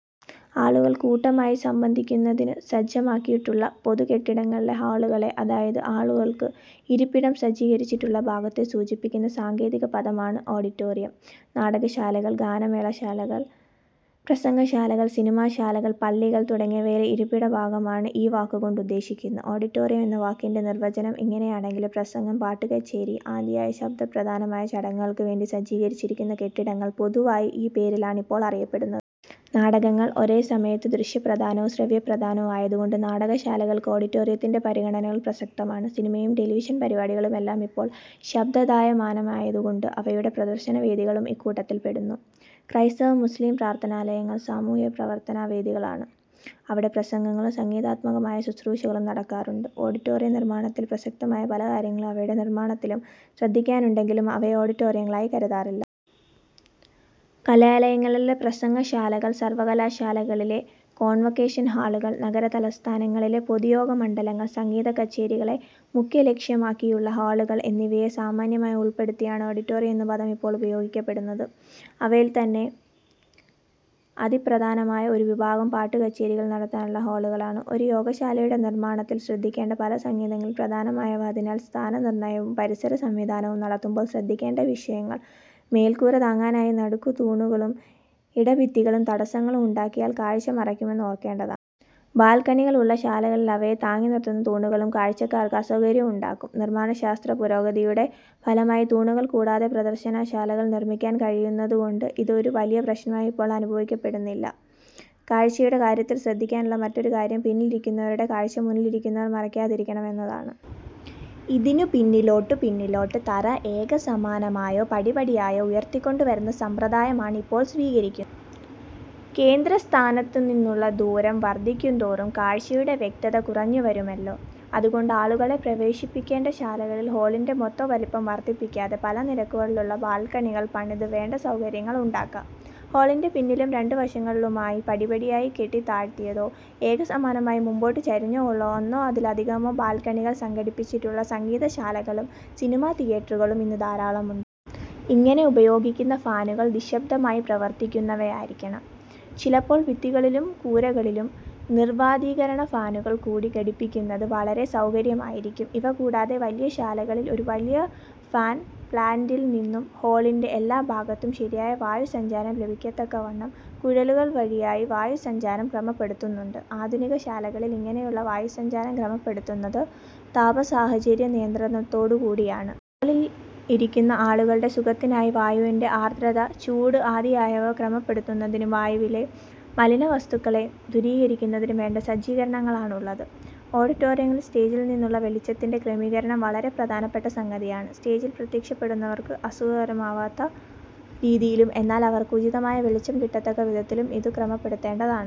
ആളുകൾ കൂട്ടമായി സംബന്ധിക്കുന്നതിനു സജ്ജമാക്കിയിട്ടുള്ള പൊതു കെട്ടിടങ്ങളിലെ ഹാളുകളെ അതായത് ആളുകൾക്ക് ഇരിപ്പിടം സജ്ജീകരിച്ചിട്ടുള്ള ഭാഗത്തെ സൂചിപ്പിക്കുന്ന സാങ്കേതികപദമാണ് ആഡിറ്റോറിയം. നാടകശാലകൾ, ഗാനമേളാശാലകൾ, പ്രസംഗശാലകൾ, സിനിമാശാലകൾ, പള്ളികൾ തുടങ്ങിയവയിലെ ഇരിപ്പിടഭാഗമാണ് ഈ വാക്കുകൊണ്ട് ഉദ്ദേശിക്കുന്നത്. ആഡിറ്റോറിയം എന്ന വാക്കിന്റെ നിർവചനം ഇങ്ങനെയാണെങ്കിലും, പ്രസംഗം, പാട്ടുകച്ചേരി ആദിയായ ശബ്ദപ്രധാനമായ ചടങ്ങുകൾക്കു വേണ്ടി സജ്ജീകരിച്ചിരിക്കുന്ന കെട്ടിടങ്ങൾ പൊതുവായി ഈ പേരിലാണ് ഇപ്പോൾ അറിയപ്പെടുന്നത്. നാടകങ്ങൾ ഒരേ സമയത്തു ദൃശ്യപ്രധാനവും ശ്രവ്യപ്രധാനവും ആയതുകൊണ്ട് നാടകശാലകൾക്ക് ആഡിറ്റോറിയത്തിന്റെ പരിഗണനകൾ പ്രസക്തമാണ്. സിനിമയും ടെലിവിഷൻ പരിപാടികളും എല്ലാം ഇപ്പോൾ ശബ്ദായമാനമായതുകൊണ്ട് അവയുടെ പ്രദർശനവേദികളും ഇക്കൂട്ടത്തിൽപ്പെടുന്നു. ക്രൈസ്തവ-മുസ്ലിം പ്രാർഥനാലയങ്ങൾ സമൂഹപ്രാർഥനാവേദികളാണ്. അവിടെ പ്രസംഗങ്ങളും സംഗീതാത്മകമായ ശുശ്രൂഷകളും നടക്കാറുണ്ട്. ആഡിറ്റോറിയനിർമ്മാണത്തിൽ പ്രസക്തമായ പല കാര്യങ്ങളും അവയുടെ നിർമ്മാണത്തിലും ശ്രദ്ധിക്കാനുണ്ടെങ്കിലും അവയെ ആഡിറ്റോറിയങ്ങളായി കരുതാറില്ല. കലാലയങ്ങളിലെ പ്രസംഗശാലകൾ, സർവകലാശാലകളിലെ കോൺവൊക്കേഷൻ ഹാളുകൾ, നഗരതലസ്ഥാനങ്ങളിലെ പൊതുയോഗമണ്ഡപങ്ങൾ, സംഗീതക്കച്ചേരികളെ മുഖ്യലക്ഷ്യമാക്കിയുള്ള ഹാളുകൾ എന്നിവയെ സാമാന്യമായി ഉൾപ്പെടുത്തിയാണ് ആഡിറ്റോറിയം എന്ന പദം ഇപ്പോൾ ഉപയോഗിക്കപ്പെടുന്നത്. അവയിൽത്തന്നെ അതിപ്രധാനമായ ഒരു വിഭാഗം പാട്ടുകച്ചേരികൾ നടത്താനുള്ള ഹാളുകളാണ്. ഒരു യോഗശാലയുടെ നിർമ്മാണത്തിൽ ശ്രദ്ധിക്കേണ്ട പല സംഗതികളിൽ പ്രധാനമായവ, അതിനാൽ സ്ഥാനനിർണയവും പരിസരസംവിധാനവും നടത്തുമ്പോൾ ശ്രദ്ധിക്കേണ്ട വിഷയങ്ങൾ മേൽക്കൂര താങ്ങാനായി നടുക്ക് തൂണുകളും ഇടഭിത്തികളും തടസ്സങ്ങളും ഉണ്ടാക്കിയാൽ കാഴ്ച മറയ്ക്കുമെന്നത് ഓർക്കേണ്ടതാണ്. ബാൽക്കണികൾ ഉള്ള ശാലകളിൽ അവയെ താങ്ങിനിർത്തുന്ന തൂണുകളും കാഴ്ചക്കാർക്ക് അസൌകര്യം ഉണ്ടാക്കും. നിർമ്മാണശാസ്ത്രപുരോഗതിയുടെ ഫലമായി തൂണുകൾ കൂടാതെ പ്രദർശനശാലകൾ നിർമ്മിക്കാൻ കഴിയുന്നതുകൊണ്ട് ഇത് ഒരു വലിയ പ്രശ്നമായി ഇപ്പോൾ അനുഭവപ്പെടുന്നില്ല. കാഴ്ചയുടെ കാര്യത്തിൽ ശ്രദ്ധിക്കാനുള്ള മറ്റൊരു കാര്യം പിന്നിൽ ഇരിക്കുന്നവരുടെ കാഴ്ച മുന്നിൽ ഇരിക്കുന്നവർ മറയ്ക്കാതിരിക്കണം എന്നതാണ്. ഇതിനു പിന്നിലോട്ട് പിന്നിലോട്ട് തറ ഏകസമാനമായോ പടിപടിയായോ ഉയർത്തിക്കൊണ്ടു വരുന്ന സമ്പ്രദായമാണ് ഇപ്പോൾ സ്വീകരിക്കുന്നത്. കേന്ദ്രസ്ഥാനത്തുനിന്നുള്ള ദൂരം വർധിക്കുന്തോറും കാഴ്ചയുടെ വ്യക്തത കുറഞ്ഞുവരുമല്ലോ. അതുകൊണ്ട് ആളുകളെ പ്രവേശിപ്പിക്കേണ്ട ശാലകളിൽ ഹാളിന്റെ മൊത്തം വലിപ്പം വർധിപ്പിക്കാതെ, പല നിരകളിലുള്ള ബാൽക്കണികൾ പണിത് വേണ്ട സൌകര്യങ്ങൾ ഉണ്ടാക്കാം. ഹാളിന്റെ പിന്നിലും രണ്ടു വശങ്ങളിലുമായി പടിപടിയായി കെട്ടി താഴ്ത്തിയോ, ഏകസമാനമായി മുമ്പോട്ട് ചരിഞ്ഞോ ഉള്ള ഒന്നോ അതിലധികമോ ബാൽക്കണികൾ സംഘടിപ്പിച്ചിട്ടുള്ള സംഗീതശാലകളും സിനിമാതിയെറ്ററുകളും ഇന്നു ധാരാളമുണ്ട്. ഇങ്ങനെ ഉപയോഗിക്കുന്ന ഫാനുകൾ നിശ്ശബ്ദമായി പ്രവർത്തിക്കുന്നവയായിരിക്കണം. ചിലപ്പോൾ ഭിത്തികളിലും കൂരകളിലും നിർവാതീകരണഫാനുകൾ കൂടി ഘടിപ്പിക്കുന്നത് വളരെ സൗകര്യമായിരിക്കും. ഇവ കൂടാതെ വലിയ ശാലകളിൽ ഒരു വലിയ ഫാൻ പ്ലാന്റിൽ നിന്നും ഹാളിന്റെ എല്ലാഭാഗത്തും ശരിയായി വായുസഞ്ചാരം ലഭിക്കത്തക്കവണ്ണം കുഴലുകൾവഴിയായി വായുസഞ്ചാരം ക്രമപ്പെടുത്തുന്നുണ്ട്. ആധുനികശാലകളിൽ ഇങ്ങനെയുള്ള വായുസഞ്ചാരം ക്രമപ്പെടുത്തുന്നത് താപസാഹചര്യനിയന്ത്രണത്തോടുകൂടിയാണ്. ഹാളിൽ ഇരിക്കുന്ന ആളുകളുടെ സുഖത്തിനായി വായുവിന്റെ ആർദ്രത, ചൂട് ആദിയായവ ക്രമപ്പെടുത്തുന്നതിനും വായുവിലെ മലിനവസ്തുക്കളെ ദൂരീകരിക്കുന്നതിനും വേണ്ട സജ്ജീകരണങ്ങളാണുള്ളത്. ആഡിറ്റോറിയങ്ങളിൽ സ്റ്റേജിൽ നിന്നുള്ള വെളിച്ചത്തിന്റെ ക്രമീകരണം വളരെ പ്രധാനപ്പെട്ട സംഗതിയാണ്. സ്റ്റേജിൽ പ്രത്യക്ഷപ്പെടുന്നവർക്ക് അസുഖകരമാവാത്ത രീതിയിലും, എന്നാൽ അവർക്ക് ഉചിതമായ വെളിച്ചം കിട്ടത്തക്ക വിധത്തിലും ഇതു ക്രമപ്പെടുത്തേണ്ടതാണ്.